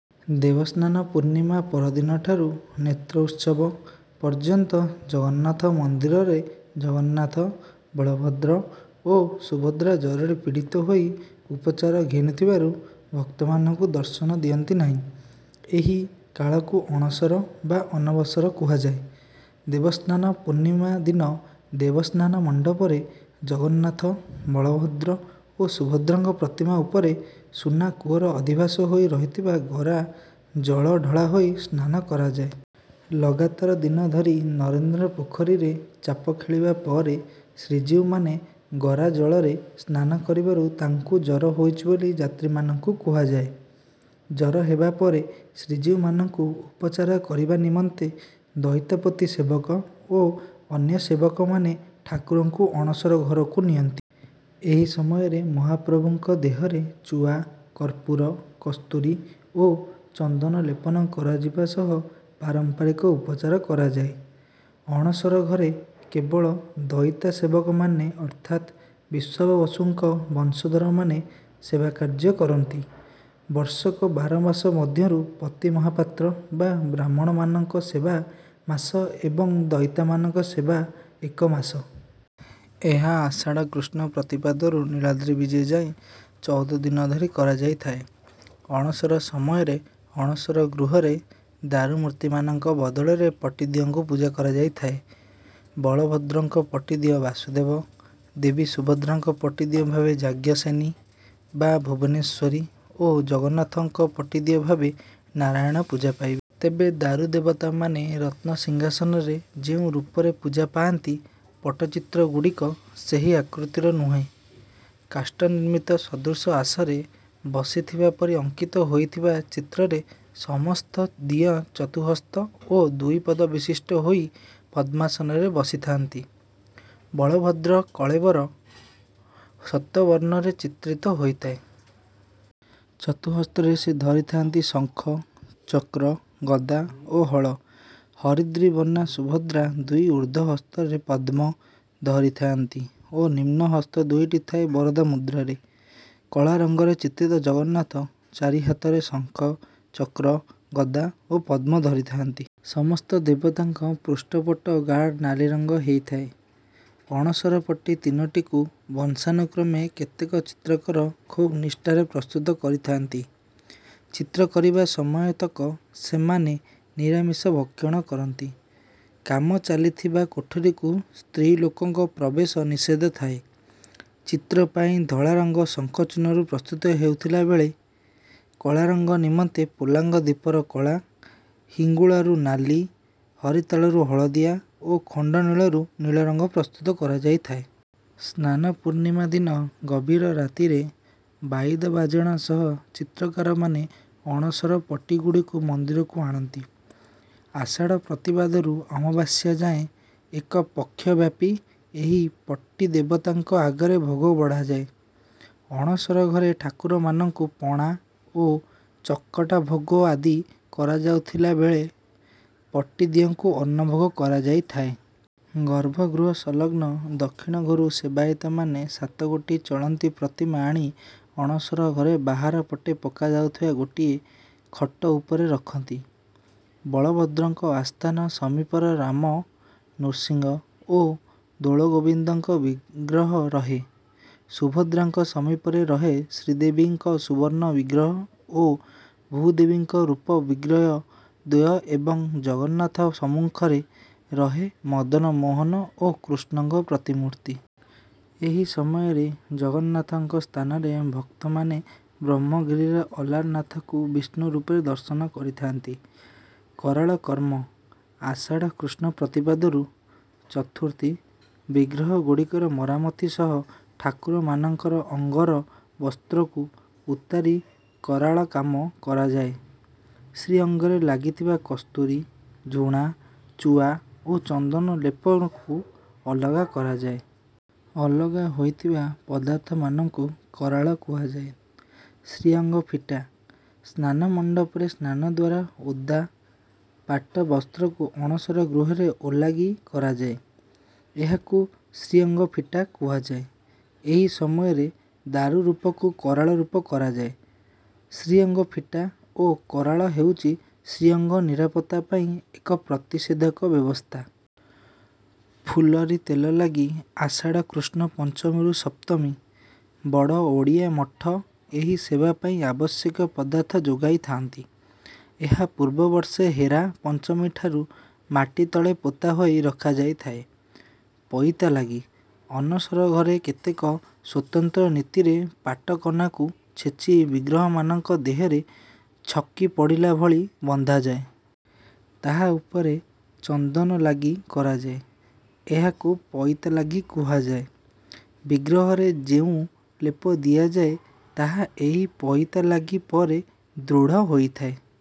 ଦେବସ୍ନାନ ପୂର୍ଣ୍ଣିମା ପରଦିନଠାରୁ ନେତ୍ରୋତ୍ସବ ପର୍ଯ୍ୟନ୍ତ ଜଗନ୍ନାଥ ମନ୍ଦିରରେ ଜଗନ୍ନାଥ, ବଳଭଦ୍ର ଓ ସୁଭଦ୍ରା ଜରରେ ପୀଡ଼ିତ ହୋଇ ଉପଚାର ଘେନୁଥିବାରୁ ଭକ୍ତମାନଙ୍କୁ ଦର୍ଶନ ଦିଅନ୍ତିନାହିଁ। ଏହି କାଳକୁ ଅଣସର ବା ଅନବସର କୁହାଯାଏ। ଦେବସ୍ନାନ ପୂର୍ଣ୍ଣିମା ଦିନ ଦେବସ୍ନାନ ମଣ୍ଡପରେ ଜଗନ୍ନାଥ, ବଳଭଦ୍ର, ଓ ସୁଭଦ୍ରାଙ୍କ ପ୍ରତିମା ଉପରେ ସୁନାକୂଅର ଅଧିବାସ ହୋଇ ରହିଥିବା ଗରା ଜଳ ଢଳାହୋଇ ସ୍ନାନ କରାଯାଏ। ଲଗାତର ଦିନ ଧରି ନରେନ୍ଦ୍ର ପୋଖରୀରେ ଚାପଖେଳିବା ପରେ ଶ୍ରୀଜୀଉମାନେ ଗରା ଜଳରେ ସ୍ନାନ କରିବାରୁ ତାଙ୍କୁ ଜ୍ୱର ହୋଇଛି ବୋଲି ଯାତ୍ରୀମାନଙ୍କୁ କୁହାଯାଏ। ଜ୍ୱର ହେବାପରେ ଶ୍ରୀଜୀଉମାନଙ୍କୁ ଉପଚାର କରିବା ନିମନ୍ତେ ଦଇତାପତି ସେବକ ଓ ଅନ୍ୟ ସେବକମାନେ ଠାକୁରମାନଙ୍କୁ ଅଣସର ଘରକୁ ନିଅନ୍ତି। ଏହି ସମୟରେ ମହାପ୍ରଭୁଙ୍କ ଦେହରେ ଚୁଆ, କର୍ପୁର, କସ୍ତୁରୀ ଓ ଚନ୍ଦନ ଲେପନ କରାଯିବା ସହ ପାରମ୍ପାରିକ ଉପଚାର କରାଯାଏ। ଅଣସର ଘରେ କେବଳ ଦଇତା ସେବକମାନେ ଅର୍ଥାତ ବିଶ୍ୱାବସୁଙ୍କ ବଂଶଧରମାନେ ସେବାକାର୍ଯ୍ୟ କରନ୍ତି। ବର୍ଷକ ବାର ମାସ ମଧ୍ୟରୁ ପତି ମହାପାତ୍ର ବା ବ୍ରାହ୍ମଣମାନଙ୍କ ସେବା ମାସ ଏବଂ ଦଇତାମାନଙ୍କ ସେବା ଏକ ମାସ। ଏହା ଆଷାଢ଼ କୃଷ୍ଣ ପ୍ରତିପଦାରୁ ନୀଳାଦ୍ରୀ ବିଜେ ଯାଏଁ ଚଉଦଦିନ ଧରି କରାଯାଇଥାଏ। ଅଣସର ସମୟରେ ଅଣସର ଗୃହରେ ଦାରୁ ମୂର୍ତ୍ତିମାନଙ୍କ ବଦଳରେ ପଟିଦିଅଁଙ୍କୁ ପୂଜା କରାଯାଇଥାଏ। ବଳଭଦ୍ରଙ୍କ ପଟିଦିଅଁ ବାସୁଦେବ, ଦେବୀ ସୁଭଦ୍ରାଙ୍କର ପଟିଦିଅଁ ଭାବେ ଯାଜ୍ଞସେନୀ ବା ଭୁବନେଶ୍ୱରୀ ଓ ଜଗନ୍ନାଥଙ୍କ ପଟିଦିଅଁ ଭାବେ ନାରାୟଣ ପୂଜା ପାଇବେ। ତେବେ ଦାରୁ ଦେବତାମାନେ ରତ୍ନ ସିଂହାସନରେ ଯେଉଁ ରୂପରେ ପୂଜା ପାଆନ୍ତି ପଟ୍ଟଚିତ୍ର ଗୁଡ଼ିକ ସେହି ଆକୃତିର ନୁହେଁ। କାଷ୍ଠ ନିର୍ମିତ ସୁଦୃଶ୍ୟ ଆସରେ ବସିଥିବା ପରି ଅଙ୍କିତ ହୋଇଥିବା ଚିତ୍ରରେ ସମସ୍ତ ଦିଅଁ ଚତୁଃହସ୍ତ ଓ ଦୁଇପଦ ବିଶିଷ୍ଟ ହୋଇ ପଦ୍ମାସନରେ ବସିଥାଆନ୍ତି। ବଳଭଦ୍ରଙ୍କ କଳେବର ଶ୍ୱେତବର୍ଣ୍ଣରେ ଚିତ୍ରିତ ହେଇଥାଏ। ଚତୁଃହସ୍ତରେ ସେ ଧରିଥାଆନ୍ତି ଶଙ୍ଖ, ଚକ୍ର, ଗଦା ଓ ହଳ। ହରିଦ୍ର ବର୍ଣ୍ଣା ସୁଭଦ୍ରା ଦୁଇ ଉର୍ଦ୍ଧ୍ୱ ହସ୍ତରେ ପଦ୍ମ ଧରିଥାଆନ୍ତି ଓ ନିମ୍ନ ହସ୍ତ ଦୁଇଟି ଥାଏ ବରଦା ମୁଦ୍ରାରେ। କଳା ରଙ୍ଗରେ ଚିତ୍ରିତ ଜଗନ୍ନାଥ ଚାରିହାତରେ ଶଙ୍ଖ, ଚକ୍ର, ଗଦା ଓ ପଦ୍ମ ଧରିଥାଆନ୍ତି। ସମସ୍ତ ଦେବତାଙ୍କ ପୃଷ୍ଠପଟ୍ଟ ଗାଢ଼ନାଲି ରଙ୍ଗ ହେଇଥାଏ। ଅଣସର ପଟି ତିନୋଟିକୁ ବଂଶାନୁକ୍ରମେ କେତେକ ଚିତ୍ରକର ଖୁବ ନିଷ୍ଠାରେ ପ୍ରସ୍ତୁତ କରିଥାଆନ୍ତି। ଚିତ୍ର କରିବା ସମୟତକ ସେମାନେ ନିରାମିଷା ଭକ୍ଷଣ କରନ୍ତି। କାମ ଚାଲିଥିବା କୋଠରୀକୁ ସ୍ତ୍ରୀ ଲୋକଙ୍କ ପ୍ରବେଶ ନିଷେଧ ଥାଏ। ଚିତ୍ର ପାଇଁ ଧଳାରଙ୍ଗ ଶଙ୍ଖଚୂର୍ଣ୍ଣ ରୁ ପ୍ରସ୍ତୁତ ହେଉଥିବା ବେଳେ, କଳାରଙ୍ଗ ନିମନ୍ତେ ପୋଲାଙ୍ଗ ଦୀପର କଳା, ହିଙ୍ଗୁଳରୁ ନାଲି, ହରିତାଳରୁ ହଳଦିଆ ଓ ଖଣ୍ଡନୀଳରୁ ନୀଳ ରଙ୍ଗ ପ୍ରସ୍ତୁତ କରାଯାଇଥାଏ। ସ୍ନାନ ପୂର୍ଣ୍ଣିମା ଦିନ ଗଭୀର ରାତିରେ, ବାଇଦ ବାଜଣା ସହ ଚିତ୍ରକାରମାନେ ଅଣସର ପଟ୍ଟିଗୁଡ଼ିକୁ ମନ୍ଦିରକୁ ଆଣନ୍ତି। ଆଷାଢ଼ ପ୍ରତିପଦାରୁ ଅମାବାସ୍ୟା ଯାଏଁ ଏକ ପକ୍ଷ ବ୍ୟାପି ଏହି ପଟି ଦେବତାଙ୍କ ଆଗରେ ଭୋଗ ବଢ଼ାଯାଏ। ଅଣସର ଘରେ ଠାକୁରମାନଙ୍କୁ ପଣା ଓ ଚକଟା ଭୋଗ ଆଦି କରାଯାଉଥିବା ବେଳେ ପଟିଦିଅଁଙ୍କୁ ଅନ୍ନଭୋଗ କରାଯାଇଥାଏ। ଗର୍ଭଗୃହ ସଂଲଗ୍ନ ଦକ୍ଷିଣ ଘରୁ ସେବାୟତମାନେ ସାତଗୋଟି ଚଳନ୍ତି ପ୍ରତିମା ଆଣି ଅଣସର ଘର ବାହାରପଟେ ପକାଯାଇଥିବା ଗୋଟିଏ ଖଟ ଉପରେ ରଖନ୍ତି। ବଳଭଦ୍ରଙ୍କ ଆସ୍ଥାନ ସମୀପରେ ରାମ, ନୃସିଂହ ଓ ଦୋଳଗୋବିନ୍ଦଙ୍କ ବିଗ୍ରହ ରହେ, ସୁଭଦ୍ରାଙ୍କ ସମୀପରେ ରହେ ଶ୍ରୀଦେବୀ ଙ୍କ ସୁବର୍ଣ୍ଣ ବିଗ୍ରହ ଓ ଭୂଦେବୀ ଙ୍କ ରୂପା ବିଗ୍ରହ ଦ୍ୱୟ ଏବଂ ଶ୍ରୀଜଗନ୍ନାଥଙ୍କ ସମ୍ମୁଖରେ ରହେ ମଦନମୋହନ ଓ କୃଷ୍ଣଙ୍କ ପ୍ରତିମୂର୍ତ୍ତି। ଏହି ସମୟରେ ଜଗନ୍ନାଥଙ୍କ ସ୍ଥାନରେ ଭକ୍ତମାନେ ବ୍ରହ୍ମଗିରିର ଅଲାରନାଥଙ୍କୁ ବିଷ୍ଣୁରୂପରେ ଦର୍ଶନ କରିଥାନ୍ତି। କରାଳ କର୍ମ: ଆଷାଢ଼ କୃଷ୍ଣ ପ୍ରତିପଦରୁ ଚତୁର୍ଥୀ: ବିଗ୍ରହ ଗୁଡିକର ମରାମତି ସହ ଠାକୁରମାନଙ୍କର ଅଙ୍ଗର ବସ୍ତ୍ରକୁ ଉତାରି କରାଳକାମ କରାଯାଏ। ଶ୍ରୀଅଙ୍ଗରେ ଲାଗିଥିବା କସ୍ତୁରୀ, ଝୁଣା, ଚୁଆ, ଓ ଚନ୍ଦନ ଲେପକୁ ଅଲଗା କରାଯାଏ। ଅଲଗା ହୋଇଥିବା ପଦାର୍ଥମାନଙ୍କୁ "କରାଳ" କୁହାଯାଏ। ଶ୍ରୀଅଙ୍ଗ ଫିଟା: ସ୍ନାନମଣ୍ଡପରେ ସ୍ନାନଦ୍ୱାରା ଓଦା ପାଟ ବସ୍ତ୍ରକୁ ଅଣସର ଗୃହରେ ଓଲାଗି କରାଯାଏ। ଏହାକୁ ଶ୍ରୀଅଙ୍ଗ ଫିଟା କୁହାଯାଏ। ଏହି ସମୟରେ ଦାରୁ ରୂପକୁ କରାଳ ରୂପ କରାଯାଏ। ଶ୍ରୀଅଙ୍ଗ ଫିଟା ଓ କରାଲ ହେଉଛି ଶ୍ରୀଅଙ୍ଗ ନିରାପତ୍ତା ପାଇଁ ଏକ ପ୍ରତିଷେଧକ ବ୍ୟବସ୍ଥା। ଫୁଲରି ତେଲ ଲାଗି: ଆଷାଢ଼ କୃଷ୍ଣ ପଞ୍ଚମୀରୁ ସପ୍ତମୀ: ବଡ଼ ଓଡ଼ିଆ ମଠ ଏହି ସେବା ପାଇଁ ଆବଶ୍ୟକୀୟ ପଦାର୍ଥ ଯୋଗାଇଥାଆନ୍ତି। ଏହା ପୂର୍ବ ବର୍ଷ ହେରା ପଞ୍ଚମୀଠାରୁ ମାଟି ତଳେ ପୋତା ହୋଇ ରଖାଯାଇଥାଏ। ପଇତା ଲାଗି: ଅନସରରେ କେତେକ ସ୍ୱତନ୍ତ୍ର ନୀତିରେ ପାଟକନାକୁ ଛେଚି ବିଗ୍ରହମାନଙ୍କ ଦେହରେ ଛକି ପଡିଲା ଭଳି ବନ୍ଧାଯାଏ। ତାହା ଉପରେ ଚନ୍ଦନ ଲାଗି କରାଯାଏ। ଏହାକୁ ପଇତା ଲାଗି କୁହାଯାଏ। ବିଗ୍ରହରେ ଯେଉଁ ଲେପ ଦିଆଯାଏ ତାହା ଏହି ପଇତା ଲାଗି ପରେ ଦୃଢ଼ ହୋଇଥାଏ।